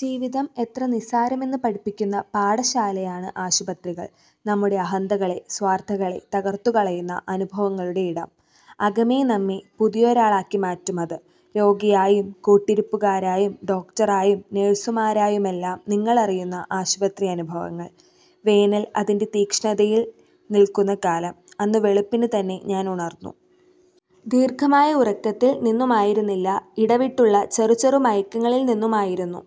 ജീവിതം എത്ര നിസ്സാരമെന്ന് പഠിപ്പിക്കുന്ന പാഠശാലയാണ് ആശുപത്രികള്‍. നമ്മുടെ അഹന്തകളെ, സ്വാര്‍ത്ഥകളെ തകര്‍ത്തുകളയുന്ന അനുഭവങ്ങളുടെ ഇടം. അകമേ നമ്മെ പുതിയൊരാളാക്കി മാറ്റും അത്. രോഗിയായും കൂട്ടിരിപ്പുകാരായും ഡോക്ടറായും നഴ്സുമാരായുമെല്ലാം നിങ്ങളറിയുന്ന ആശുപത്രി അനുഭവങ്ങള്‍. വേനൽ അതിന്‍റെ തീക്ഷ്ണതയിൽ നിൽക്കുന്ന കാലം. അന്ന് വെളുപ്പിന് തന്നെ ഞാൻ ഉണർന്നു. ദീർഘമായ ഉറക്കത്തിൽ നിന്നുമായിരുന്നില്ല ഇടവിട്ടുള്ള ചെറു ചെറു മയക്കങ്ങളിൽ നിന്നുമായിരുന്നു.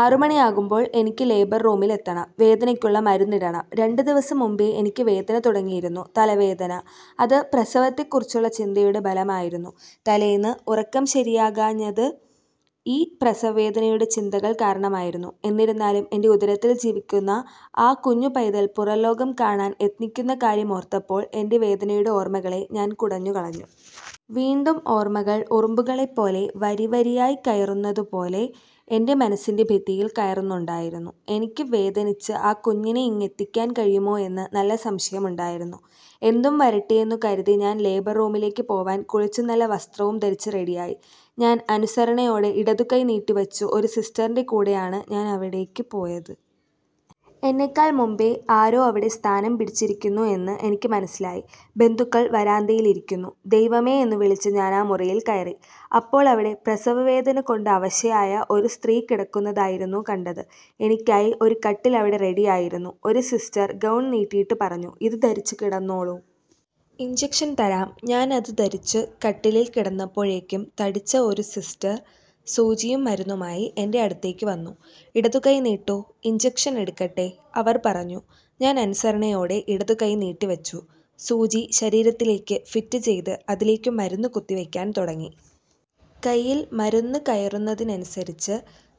ആറുമണിയാകുമ്പോൾ എനിക്ക് ലേബർ റൂമിലെത്തണം, വേദനക്കുള്ള മരുന്നിടണം. രണ്ട് ദിവസം മുമ്പേ എനിക്ക് വേദനതുടങ്ങിയിരുന്നു. തലവേദന. അത് പ്രസവത്തെക്കുറിച്ചുള്ള ചിന്തയുടെ ഫലമായിരുന്നു. തലേന്ന് ഉറക്കം ശരിയാകാഞ്ഞത് ഈ പ്രസവവേദനയുടെ ചിന്തകൾ കാരണമായിരുന്നു. എന്നിരുന്നാലും എന്റെ ഉദരത്തിൽ ജീവിക്കുന്ന ആ കുഞ്ഞുപൈതൽ പുറംലോകം കാണാൻ യത്നിക്കുന്ന കാര്യമോർത്തപ്പോൾ എന്‍റെ വേദനയുടെ ഓർമകളെ ഞാൻ കുടഞ്ഞു കളഞ്ഞു. വീണ്ടും ഓർമ്മകൾ ഉറുമ്പുകളെ പോലെ വരിവരിയായി കയറുന്നതുപോലെ എന്‍റെ മനസ്സിന്‍റെ ഭിത്തിയിൽ കയറുന്നുണ്ടായിരുന്നു. എനിക്ക് വേദനിച്ച് ആ കുഞ്ഞിനെ ഇങ്ങെത്തിക്കാൻ കഴിയുമോയെന്ന് നല്ല സംശയമുണ്ടായിരുന്നു. എന്തും വരട്ടെയെന്നു കരുതി ഞാൻ ലേബർറൂമിലേക്കു പോവാൻ കുളിച്ചു നല്ല വസ്ത്രവും ധരിച്ചു റെഡി ആയി. ഞാൻ അനുസരണയോടെ ഇടതു കൈ നീട്ടി വച്ചു ഒരു സിസ്റ്ററിന്‍റെ കൂടെയാണ് ഞാൻ അവിടേക്ക് പോയത്. എന്നേക്കാൾ മുമ്പേ ആരോ അവിടെ സ്ഥാനം പിടിച്ചിരിക്കുന്നു എന്ന് എനിക്ക് മനസ്സിലായി ബന്ധുക്കൾ വരാന്തയിലിരിക്കുന്നു. ' ദൈവമേ ' എന്നുവിളിച്ച് ഞാനാ മുറിയിൽ കയറി. അപ്പോൾ അവിടെ പ്രസവവേദന കൊണ്ട് അവശയായ ഒരു സ്ത്രീ കിടക്കുന്നതായിരുന്നു കണ്ടത്. എനിക്കായി ഒരു കട്ടിൽ അവിടെ റെഡിയായിരുന്നു. ഒരു സിസ്റ്റർ ഗൗൺ നീട്ടിയിട്ടു പറഞ്ഞു, " ഇത് ധരിച്ചു കിടന്നോളൂ. ഇൻജെക്ഷൻ തരാം. " ഞാൻ അത് ധരിച്ചു കട്ടിലിൽ കിടന്നപ്പോഴേക്കും തടിച്ച ഒരു സിസ്റ്റർ സൂചിയും മരുന്നുമായി എന്റെ അടുത്തേക്കു വന്നു. " ഇടതു കൈ നീട്ടൂ, ഇൻജക്ഷൻ എടുക്കട്ടേ '' അവർ പറഞ്ഞു. ഞാൻ അനുസരണയോടെ ഇടതു കൈ നീട്ടി വച്ചു. സൂചി ശരീരത്തിലേക്ക് ഫിറ്റ് ചെയ്ത് അതിലേക്കു മരുന്ന് കുത്തിവയ്ക്കാൻ തുടങ്ങി. കൈയിൽ മരുന്ന് കയറുന്നതിനനുസരിച്ച്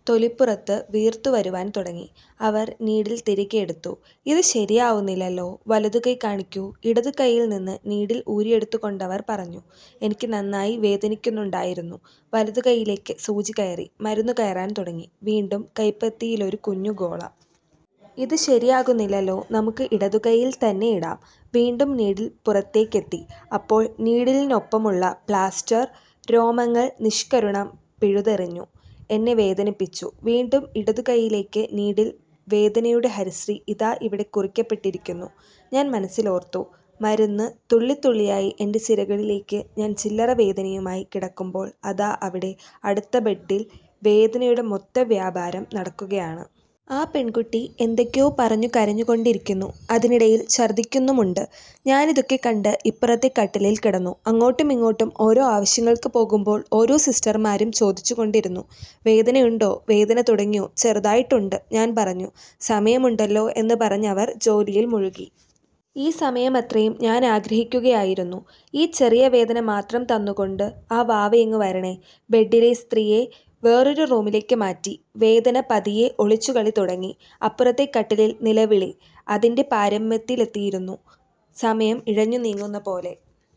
തൊലിപ്പുറത്തു വീർത്തു വരുവാൻ തുടങ്ങി. അവർ നീഡിൽ തിരികെയെടുത്തു. " ഇത് ശരിയാവുന്നില്ലല്ലോ, വലതു കൈ കാണിക്കൂ. " ഇടതു കൈയിൽ നിന്ന് നീഡിൽ ഊരിയെടുത്തുകൊണ്ടവർ പറഞ്ഞു. എനിക്ക് നന്നായി വേദനിക്കുന്നുണ്ടായിരുന്നു. വലതു കൈയിലേക്ക് സൂചികയറി. മരുന്ന് കയറാൻ തുടങ്ങി. വീണ്ടും കൈപ്പത്തിയിലൊരു കുഞ്ഞുഗോളം. " ഇതും ശരിയാകുന്നില്ലല്ലോ, നമുക്ക് ഇടതുകൈയിൽ തന്നെ ഇടാം ". വീണ്ടും നീഡിൽ പുറത്തേക്കെത്തി. അപ്പോൾ നീഡിലിനൊപ്പമുള്ള പ്ലാസ്റ്റർ, രോമങ്ങൾ നിഷ്കരുണം പിഴുതെറിഞ്ഞു. എന്നെ വേദനിപ്പിച്ചു. വീണ്ടും ഇടതുകയ്യിലേക്ക് നീഡിൽ വേദനയുടെ ഹരിശ്രീ ഇതാ ഇവിടെ കുറിക്കപ്പെട്ടിരിക്കുന്നു, ഞാൻ മനസ്സിലോർത്തു. മരുന്ന്, തുള്ളിതുള്ളിയായി എന്‍റെ സിരകളിലേക്ക് ഞാൻചില്ലറ വേദനയുമായി കിടക്കുമ്പോൾ അതാ അവിടെ അടുത്ത ബെഡ്ഡിൽ വേദനയുടെ മൊത്തവ്യാപാരം നടക്കുകയാണ്. ആ പെൺകുട്ടി എന്തൊക്കെയോ പറഞ്ഞു കരഞ്ഞു കൊണ്ടിരിക്കുന്നു. അതിനിടയിൽ ഛർദിക്കുന്നുമുണ്ട്. ഞാനിതൊക്കെ കണ്ട് ഇപ്പുറത്തെ കട്ടിലിൽ കിടന്നു. അങ്ങോട്ടുമിങ്ങോട്ടും ഓരോ ആവശ്യങ്ങൾക്ക് പോകുമ്പോൾ ഓരോ സിസ്റ്റർമാരും ചോദിച്ചു കൊണ്ടിരുന്നു, " വേദനയുണ്ടോ "," വേദന തുടങ്ങിയോ? ''," ചെറുതായിട്ടുണ്ട് " ഞാൻ പറഞ്ഞു, " സമയമുണ്ടല്ലോ " എന്ന് പറഞ്ഞ് അവർ ജോലിയിൽ മുഴുകി. ഈ സമയമത്രയും ഞാനാഗ്രഹിക്കുകയായിരുന്നു ഈ ചെറിയ വേദന മാത്രം തന്നുകൊണ്ടു ആ വാവയിങ്ങു വരണേ. ബെഡ്ഡിലെ സ്ത്രീയെ വേറൊരു റൂമിലേക്ക് മാറ്റി വേദന പതിയെ ഒളിച്ചുകളി തുടങ്ങി. അപ്പുറത്തെ കട്ടിലിൽ നിലവിളി അതിന്‍റെ പാരമ്യത്തിലെത്തിയിരുന്നു. സമയം ഇഴഞ്ഞു നീങ്ങുന്നപോലെ.